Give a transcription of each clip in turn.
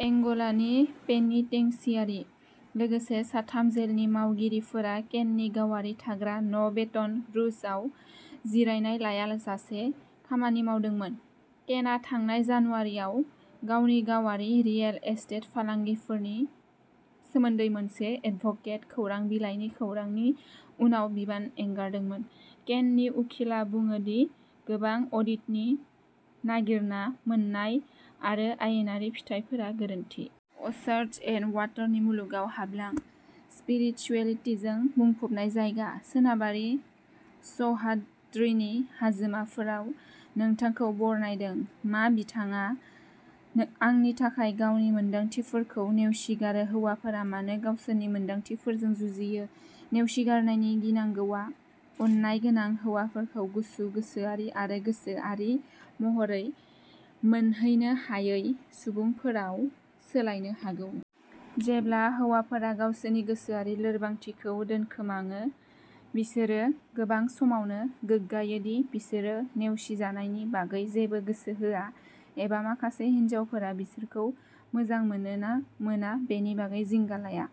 एंग'लानि penitentiary. लोगोसे, साथाम जेलनि मावगिरिफोरा केननि गावारि थाग्रा न'बेटन रूजआव जिरायनाय लायाजासे खामानि मावदोंमोन। केनआ थांनाय जानुवारिआव गावनि गावारि रिएल एस्टेट फालांगिफोरनि सोमोन्दै मोनसे एडभोकेट खौरां बिलाइनि खौरांनि उनाव बिबान एंगारदोंमोन। केननि उखिलआ बुङो दि गोबां अडिटनि नागिरना मोन्नाय आरो आयेनारि फिथाइफोरा गोरोन्थि। अर्चाड्स एन्ड वाटारनि मुलुगाव हाबलां। स्पिरिचुएलितिजों बुंफबनाय जायगा। सोनाबारि सह्याद्रिनि हाजोमाफोराव नोंथांखौ बरनायदों। मा बिथाङा आंनि थाखाय गावनि मोनदांथिफोरखौ नेवसिगारो हौवाफोरा मानो गावसोरनि मोनदांथिफोरजों जुजियो नेवसिगारनायनि गिनांगौआ अननाय गोनां हौवाफोरखौ गुसु गोसोआरि आरो गोसोआरि महरै मोनहैनो हायै सुबुंफोरआव सोलायनो हागौ। जेब्ला हौवाफोरा गावसोरनि गोसोआरि लोरबांथिखौ दोनखोमाङो, बिसोरो गोबां समावनो गोग्गायो दि बिसोरो नेवसिजानायनि बागै जेबो गोसो होआ एबा माखासे हिनजावफोरा बिसोरखौ मोजां मोनो ना मोना बेनि बागै जिंगा लाया।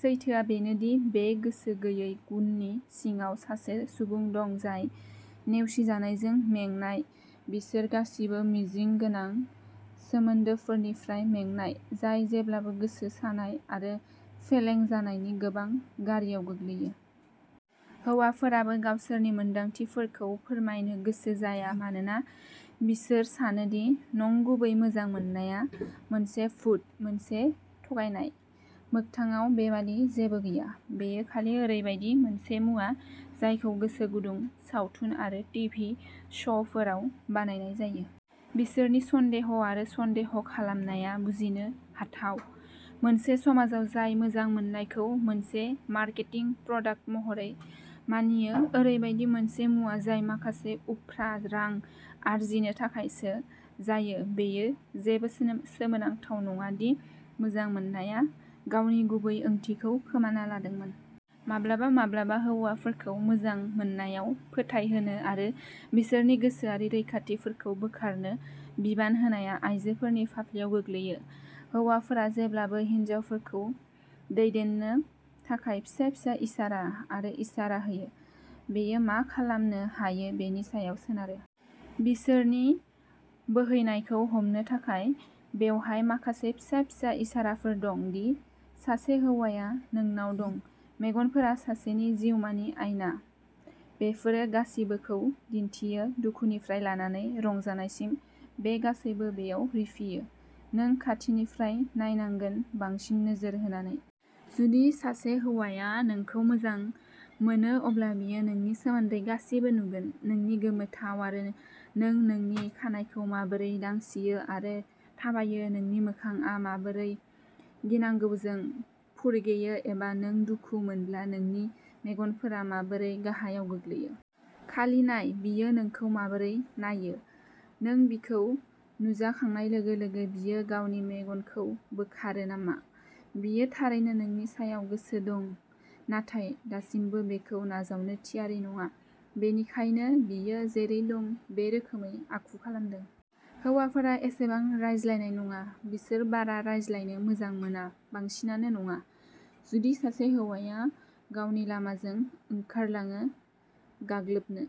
सैथोआ बेनो दि बे गोसो गैयै गुननि सिङाव सासे सुबुं दं जाय नेवसिजानायजों मेंनाय बिसोर गासिबो मिजिं गोनां सोमोन्दोफोरनिफ्राय मेंनाय, जाय जेब्लाबो गोसो सानाय आरो फेलें जानायनि गोबां गारियाव गोग्लैयो। हौवाफोराबो गावसोरनि मोनदांथिफोरखौ फोरमायनो गोसो जाया मानोना बिसोर सानो दि "नंगुबै मोजां मोननाया" मोनसे भुत, मोनसे थगायनाय। मोगथाङाव, बेबादि जेबो गैया। बेयो खालि ओरैबायदि मोनसे मुवा जायखौ गोसो गुदुं सावथुन आरो टिभि श'फोराव बानायनाय जायो। बिसोरनि सन्देह आरो सन्देह खालामनाया बुजिनो हाथाव। मोनसे समाजाव जाय मोजां मोननायखौ मोनसे मार्केटिं प्रडाक्ट महरै मानियो ओरैबायदि मोनसे मुवा जाय माखासे उफ्रा रां आर्जिनो थाखायसो जायो-बेयो जेबो सोनोम सोमोनांथाव नङा दि मोजां मोननाया गावनि गुबै ओंथिखौ खोमाना लादोंमोन। माब्लाबा माब्लाबा हौवाफोरखौ मोजां मोननायाव फोथायहोनो आरो बिसोरनि गोसोआरि रैखाथिफोरखौ बोखारनो बिबान होनाया आइजोफोरनि फाफ्लियाव गोग्लैयो। हौवाफोरा जेब्लाबो हिनजावफोरखौ दैदेननो थाखाय फिसा फिसा इसारा आरो इसारा होयो। बेयो मा खालामनो हायो बेनि सायाव सोनारो। बिसोरनि बोहैनायखौ हमनो थाखाय। बेवहाय माखासे फिसा फिसा इसाराफोर दं दि सासे हौवाया नोंनाव दं। मेगनफोरा सासेनि जिउमानि आइना। बेफोरो गासिबोखौ दिन्थियो दुखुनिफ्राय लानानै रंजानायसिम बे गासैबो बेयाव रिफियो। नों खाथिनिफ्राय नायनांगोन, बांसिन नोजोर होनानै। जुदि सासे हौवाया नोंखौ मोजां मोनो अब्ला बियो नोंनि सोमोन्दै गासिबो नुगोन नोंनि गोमोथाव आरो नों नोंनि खानाइखौ माबोरै दांसियो आरो थाबायो नोंनि मोखांआ माबोरै गिनांगौजों फुरगेयो एबा नों दुखु मोनब्ला नोंनि मेगनफोरा माबोरै गाहायाव गोग्लैयो। खालि नाय बियो नोंखौ माबोरै नाययो। नों बिखौ नुजाखांनाय लोगो-लोगो बियो गावनि मेगनखौ बोखारो नामा? बियो थारैनो नोंनि सायाव गोसो दं नाथाय दासिमबो बेखौ नाजावनो थियारि नङा। बेनिखायनो बियो जेरै दं बे रोखोमै आखु खालामदों। हौवाफोरा एसेबां रायज्लायनाय नङा। बिसोर बारा रायज्लायनो मोजां मोना बांसिनानो नङा। जुदि सासे हौवाया गावनि लामाजों ओंखारलाङो गाग्लोबनो।